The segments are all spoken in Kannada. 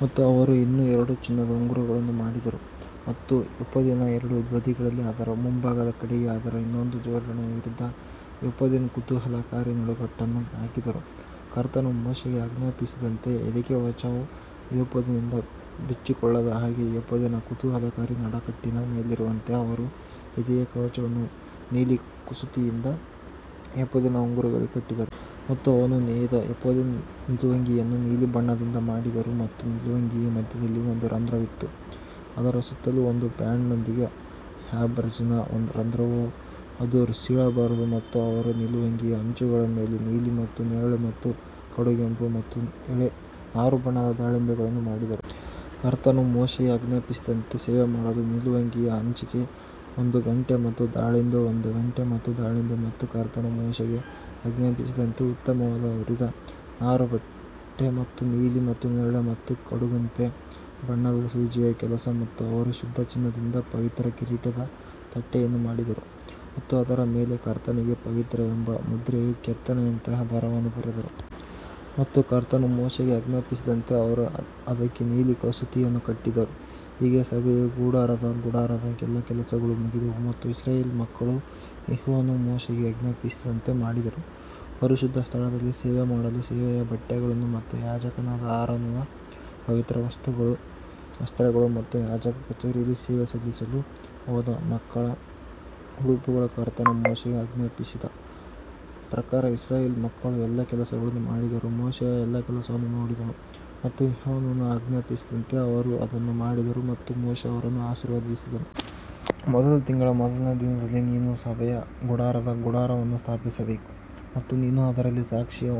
ಮತ್ತು ಅವರು ಇನ್ನೂ ಎರಡು ಚಿನ್ನದ ಉಂಗುರಗಳನ್ನು ಮಾಡಿದರು ಮತ್ತು ಎಫೋದಿನ ಎರಡು ಬದಿಗಳಲ್ಲಿ ಅದರ ಮುಂಭಾಗದ ಕಡೆಗೆ ಅದರ ಇನ್ನೊಂದು ಜೋಡಣೆಯ ವಿರುದ್ಧ ಎಫೋದಿನ ಕುತೂಹಲಕಾರಿ ನಡುಕಟ್ಟನ್ನು ಹಾಕಿದರು. ಕರ್ತನು ಮೋಶೆಗೆ ಆಜ್ಞಾಪಿಸಿದಂತೆ ಎದೆಕವಚವು ಏಫೋದಿನಿಂದ ಬಿಚ್ಚಿಕೊಳ್ಳದ ಹಾಗೆ ಎಫೋದಿನ ಕುತೂಹಲಕಾರಿ ನಡುಕಟ್ಟಿನ ಮೇಲಿರುವಂತೆ ಅವರು ಎದೆಯ ಕವಚವನ್ನು ನೀಲಿ ಕಸೂತಿಯಿಂದ ಏಫೋದಿನ ಉಂಗುರಗಳಿಗೆ ಕಟ್ಟಿದರು. ಮತ್ತು ಅವನು ನೇಯ್ದ ಎಫೋದಿನ ನಿಲುವಂಗಿಯನ್ನು ನೀಲಿ ಬಣ್ಣದಿಂದ ಮಾಡಿದನು ಮತ್ತು ನಿಲುವಂಗಿಯ ಮಧ್ಯದಲ್ಲಿ ಒಂದು ರಂಧ್ರವಿತ್ತು, ಅದರ ಸುತ್ತಲೂ ಒಂದು ಬ್ಯಾಂಡ್ನೊಂದಿಗೆ ಹ್ಯಾಬರ್ಜನ್ನ ರಂಧ್ರವು ಅದು ಸೀಳಬಾರದು. ಮತ್ತು ಅವರು ನಿಲುವಂಗಿಯ ಅಂಚುಗಳ ಮೇಲೆ ನೀಲಿ ಮತ್ತು ನೇರಳೆ ಮತ್ತು ಕಡುಗೆಂಪು ಮತ್ತು ಎಳೆ ನಾರುಬಣ್ಣದ ದಾಳಿಂಬೆಗಳನ್ನು ಮಾಡಿದರು. ಕರ್ತನು ಮೋಶೆಗೆ ಆಜ್ಞಾಪಿಸಿದಂತೆ ಸೇವೆಮಾಡಲು ನಿಲುವಂಗಿಯ ಅಂಚಿಗೆ ಒಂದು ಗಂಟೆ ಮತ್ತು ದಾಳಿಂಬೆ ಒಂದು ಗಂಟೆ ಮತ್ತು ದಾಳಿಂಬೆ ಮತ್ತು ಕರ್ತನು ಮೋಶೆಗೆ ಆಜ್ಞಾಪಿಸಿದಂತೆ ಉತ್ತಮವಾದ ಹುರಿದ ನಾರುಬಟ್ಟೆ ಮತ್ತು ನೀಲಿ ಮತ್ತು ನೇರಳೆ ಮತ್ತು ಕಡುಗೆಂಪು ಬಣ್ಣದ ಸೂಜಿಯ ಕೆಲಸ ಮತ್ತು ಅವರು ಶುದ್ಧ ಚಿನ್ನದಿಂದ ಪವಿತ್ರ ಕಿರೀಟದ ತಟ್ಟೆಯನ್ನು ಮಾಡಿದರು ಮತ್ತು ಅದರ ಮೇಲೆ ಕರ್ತನಿಗೆ ಪವಿತ್ರ ಎಂಬ ಮುದ್ರೆಯ ಕೆತ್ತನೆಯಂತಹ ಬರಹವನ್ನು ಬರೆದರು. ಮತ್ತು ಕರ್ತನು ಮೋಶೆಗೆ ಆಜ್ಞಾಪಿಸಿದಂತೆ ಅವರು ಅದಕ್ಕೆ ನೀಲಿ ಕಸೂತಿಯನ್ನು ಕಟ್ಟಿದರು. ಹೀಗೆ ಸಭೆಯ ಗುಡಾರದ ಗುಡಾರದ ಎಲ್ಲಾ ಕೆಲಸಗಳು ಮುಗಿದವು ಮತ್ತು ಇಸ್ರಾಯೇಲ್ ಮಕ್ಕಳು ಯೆಹೋವನು ಮೋಶೆಗೆ ಆಜ್ಞಾಪಿಸಿದಂತೆಯೇ ಮಾಡಿದರು. ಪರಿಶುದ್ಧ ಸ್ಥಳದಲ್ಲಿ ಸೇವೆಮಾಡಲು ಸೇವೆಯ ಬಟ್ಟೆಗಳು ಮತ್ತು ಯಾಜಕನಾದ ಆರೋನನ ಪವಿತ್ರ ವಸ್ತ್ರಗಳು ಮತ್ತು ಯಾಜಕ ಕಚೇರಿಯಲ್ಲಿ ಸೇವೆ ಸಲ್ಲಿಸಲು ಅವನ ಮಕ್ಕಳ ಉಡುಪುಗಳು ಕರ್ತನು ಮೋಶೆಗೆ ಆಜ್ಞಾಪಿಸಿದ ಪ್ರಕಾರ ಇಸ್ರಾಯೇಲ್ ಮಕ್ಕಳು ಎಲ್ಲಾ ಕೆಲಸಗಳನ್ನು ಮಾಡಿದರು ಮೋಶೆಯು ಎಲ್ಲಾ ಕೆಲಸವನ್ನು ನೋಡಿದನು ಮತ್ತು ಯೆಹೋವನು ಆಜ್ಞಾಪಿಸಿದಂತೆಯೇ ಅವರು ಅದನ್ನು ಮಾಡಿದರು ಮತ್ತು ಮೋಶೆ ಅವರನ್ನು ಆಶೀರ್ವದಿಸಿದನು. ಮೊದಲ ತಿಂಗಳ ಮೊದಲನೆಯ ದಿನದಲ್ಲಿ ನೀನು ಸಭೆಯ ಗುಡಾರದ ಗುಡಾರವನ್ನು ಸ್ಥಾಪಿಸಬೇಕು. ಮತ್ತು ನೀನು ಅದರಲ್ಲಿ ಸಾಕ್ಷಿಯ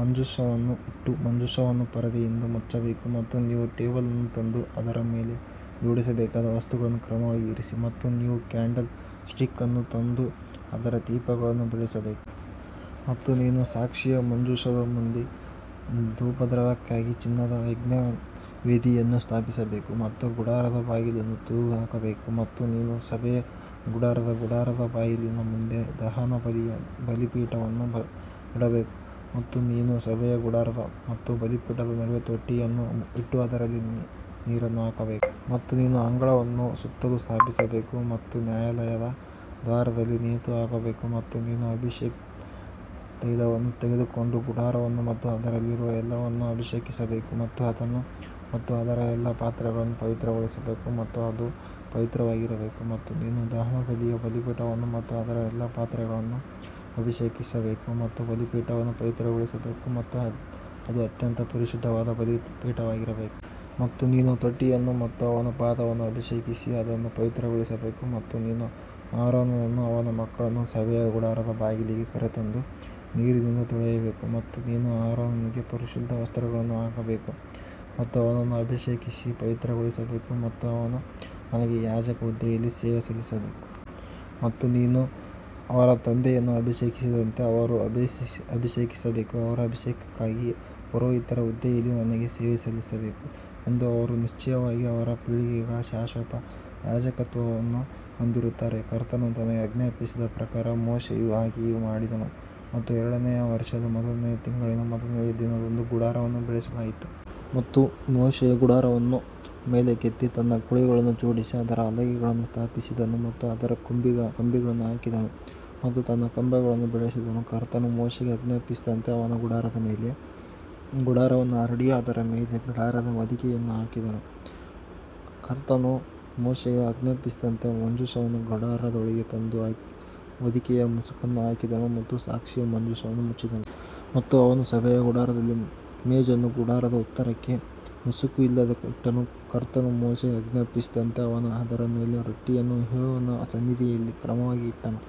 ಮಂಜೂಷವನ್ನು ಇಟ್ಟು ಮಂಜೂಷವನ್ನು ಪರದೆಯಿಂದ ಮುಚ್ಚಬೇಕು ಮತ್ತು ನೀವು ಟೇಬಲ್ ಅನ್ನು ತಂದು ಅದರ ಮೇಲೆ ಜೋಡಿಸಬೇಕಾದ ವಸ್ತುಗಳನ್ನು ಕ್ರಮವಾಗಿ ಇರಿಸಿ ಮತ್ತು ನೀವು ಕ್ಯಾಂಡಲ್ ಸ್ಟಿಕ್ ಅನ್ನು ತಂದು ಅದರ ದೀಪಗಳನ್ನು ಬೆಳಗಿಸಬೇಕು. ಮತ್ತು ನೀನು ಸಾಕ್ಷಿಯ ಮಂಜೂಷದ ಮುಂದೆ ಧೂಪದ್ರವ್ಯಕ್ಕಾಗಿ ಚಿನ್ನದ ಯಜ್ಞವೇದಿಯನ್ನು ಸ್ಥಾಪಿಸಬೇಕು ಮತ್ತು ಗುಡಾರದ ಬಾಗಿಲನ್ನು ತೂಗು ಹಾಕಬೇಕು. ಮತ್ತು ನೀನು ಸಭೆಯ ಗುಡಾರದ ಗುಡಾರದ ಬಾಗಿಲಿನ ಮುಂದೆ ದಹನಬಲಿಯ ಬಲಿಪೀಠವನ್ನು ಇಡಬೇಕು. ಮತ್ತು ನೀನು ಸಭೆಯ ಗುಡಾರ ಮತ್ತು ಬಲಿಪೀಠದ ನಡುವೆ ತೊಟ್ಟಿಯನ್ನು ಇಟ್ಟು ಅದರಲ್ಲಿ ನೀರನ್ನು ಹಾಕಬೇಕು. ಮತ್ತು ನೀನು ಅಂಗಳವನ್ನು ಸುತ್ತಲೂ ಸ್ಥಾಪಿಸಬೇಕು ಮತ್ತು ನ್ಯಾಯಾಲಯದ ದ್ವಾರದಲ್ಲಿ ನೇತುಹಾಕಬೇಕು ಮತ್ತು ನೀನು ಅಭಿಷೇಕ ತೈಲವನ್ನು ತೆಗೆದುಕೊಂಡು ಗುಡಾರವನ್ನು ಮತ್ತು ಅದರಲ್ಲಿರುವ ಎಲ್ಲವನ್ನೂ ಅಭಿಷೇಕಿಸಬೇಕು ಮತ್ತು ಅದನ್ನು ಮತ್ತು ಅದರ ಎಲ್ಲಾ ಪಾತ್ರೆಗಳನ್ನು ಪವಿತ್ರಗೊಳಿಸಬೇಕು ಮತ್ತು ಅದು ಪವಿತ್ರವಾಗಿರಬೇಕು. ಮತ್ತು ನೀನು ದಹನಬಲಿಯ ಬಲಿಪೀಠವನ್ನು ಮತ್ತು ಅದರ ಎಲ್ಲಾ ಪಾತ್ರೆಗಳನ್ನು ಅಭಿಷೇಕಿಸಬೇಕು ಮತ್ತು ಬಲಿಪೀಠವನ್ನು ಪವಿತ್ರಗೊಳಿಸಬೇಕು ಮತ್ತು ಅದು ಅತ್ಯಂತ ಪರಿಶುದ್ಧವಾದ ಬಲಿಪೀಠವಾಗಿರಬೇಕು. ಮತ್ತು ನೀನು ತೊಟ್ಟಿಯನ್ನು ಮತ್ತು ಅವನ ಪಾದವನ್ನು ಅಭಿಷೇಕಿಸಿ ಅದನ್ನು ಪವಿತ್ರಗೊಳಿಸಬೇಕು ಮತ್ತು ನೀನು ಆರೋನನನ್ನೂ ಅವನ ಮಕ್ಕಳನ್ನೂ ಸಭೆಯ ಗುಡಾರದ ಬಾಗಿಲಿಗೆ ಕರೆತಂದು ನೀರಿನಿಂದ ತೊಳೆಯಬೇಕು. ಮತ್ತು ನೀನು ಆರೋನನಿಗೆ ಪರಿಶುದ್ಧ ವಸ್ತ್ರಗಳನ್ನು ಹಾಕಬೇಕು ಮತ್ತು ಅವನನ್ನು ಅಭಿಷೇಕಿಸಿ ಪವಿತ್ರಗೊಳಿಸಬೇಕು ಮತ್ತು ಅವನು ನನಗೆ ಯಾಜಕ ಹುದ್ದೆಯಲ್ಲಿ ಸೇವೆ ಸಲ್ಲಿಸಬೇಕು. ಮತ್ತು ನೀನು ಅವರ ತಂದೆಯನ್ನು ಅಭಿಷೇಕಿಸಿದಂತೆ ಅವರನ್ನು ಅಭಿಷೇಕಿಸಬೇಕು, ಅವರು ಅಭಿಷೇಕಕ್ಕಾಗಿ ಪುರೋಹಿತರ ಹುದ್ದೆಯಲ್ಲಿ ನನಗೆ ಸೇವೆ ಸಲ್ಲಿಸಬೇಕು ಎಂದು ಅವರು ನಿಶ್ಚಯವಾಗಿ ಅವರ ಪೀಳಿಗೆಗೆ ಶಾಶ್ವತ ಯಾಜಕತ್ವವನ್ನು ಹೊಂದಿರುತ್ತಾರೆ. ಕರ್ತನು ತನಗೆ ಆಜ್ಞಾಪಿಸಿದ ಪ್ರಕಾರ ಮೋಶೆಯು ಹಾಗೆಯೇ ಮಾಡಿದನು ಮತ್ತು ಎರಡನೆಯ ವರ್ಷದ ಮೊದಲನೆಯ ತಿಂಗಳಿನ ಮೊದಲನೆಯ ದಿನದಂದು ಗುಡಾರವನ್ನು ಬೆಳೆಸಲಾಯಿತು. ಮತ್ತು ಮೋಶೆಯು ಗುಡಾರವನ್ನು ಮೇಲಕ್ಕೆತ್ತಿ ತನ್ನ ಕುಳಿಗಳನ್ನು ಜೋಡಿಸಿ ಅದರ ಹಲಗೆಗಳನ್ನು ಸ್ಥಾಪಿಸಿದನು ಮತ್ತು ಅದರ ಕಂಬಿಗಳನ್ನು ಹಾಕಿದನು ಮತ್ತು ತನ್ನ ಕಂಬಗಳನ್ನು ಬೆಳೆಸಿದನು. ಕರ್ತನು ಮೋಶೆಗೆ ಆಜ್ಞಾಪಿಸಿದಂತೆ ಅವನು ಗುಡಾರದ ಮೇಲೆ ಗುಡಾರವನ್ನು ಹರಡಿ ಅದರ ಮೇಲೆ ಗುಡಾರದ ಹೊದಿಕೆಯನ್ನು ಹಾಕಿದನು. ಕರ್ತನು ಮೋಶೆಗೆ ಆಜ್ಞಾಪಿಸಿದಂತೆ ಮಂಜೂಷವನ್ನು ಗುಡಾರದೊಳಗೆ ತಂದು ಹೊದಿಕೆಯ ಮುಸುಕನ್ನು ಹಾಕಿದನು ಮತ್ತು ಸಾಕ್ಷಿಯ ಮಂಜೂಷವನ್ನು ಮುಚ್ಚಿದನು. ಮತ್ತು ಅವನು ಸಭೆಯ ಗುಡಾರದಲ್ಲಿ ಮೇಜನ್ನು ಗುಡಾರದ ಉತ್ತರಕ್ಕೆ ಮುಸುಕು ಇಲ್ಲದೆ ಇಟ್ಟನು. ಕರ್ತನು ಮೋಶೆಗೆ ಆಜ್ಞಾಪಿಸಿದಂತೆ ಅವನು ಅದರ ಮೇಲೆ ರೊಟ್ಟಿಯನ್ನು ಯೆಹೋವನ ಸನ್ನಿಧಿಯಲ್ಲಿ ಕ್ರಮವಾಗಿ ಇಟ್ಟನು.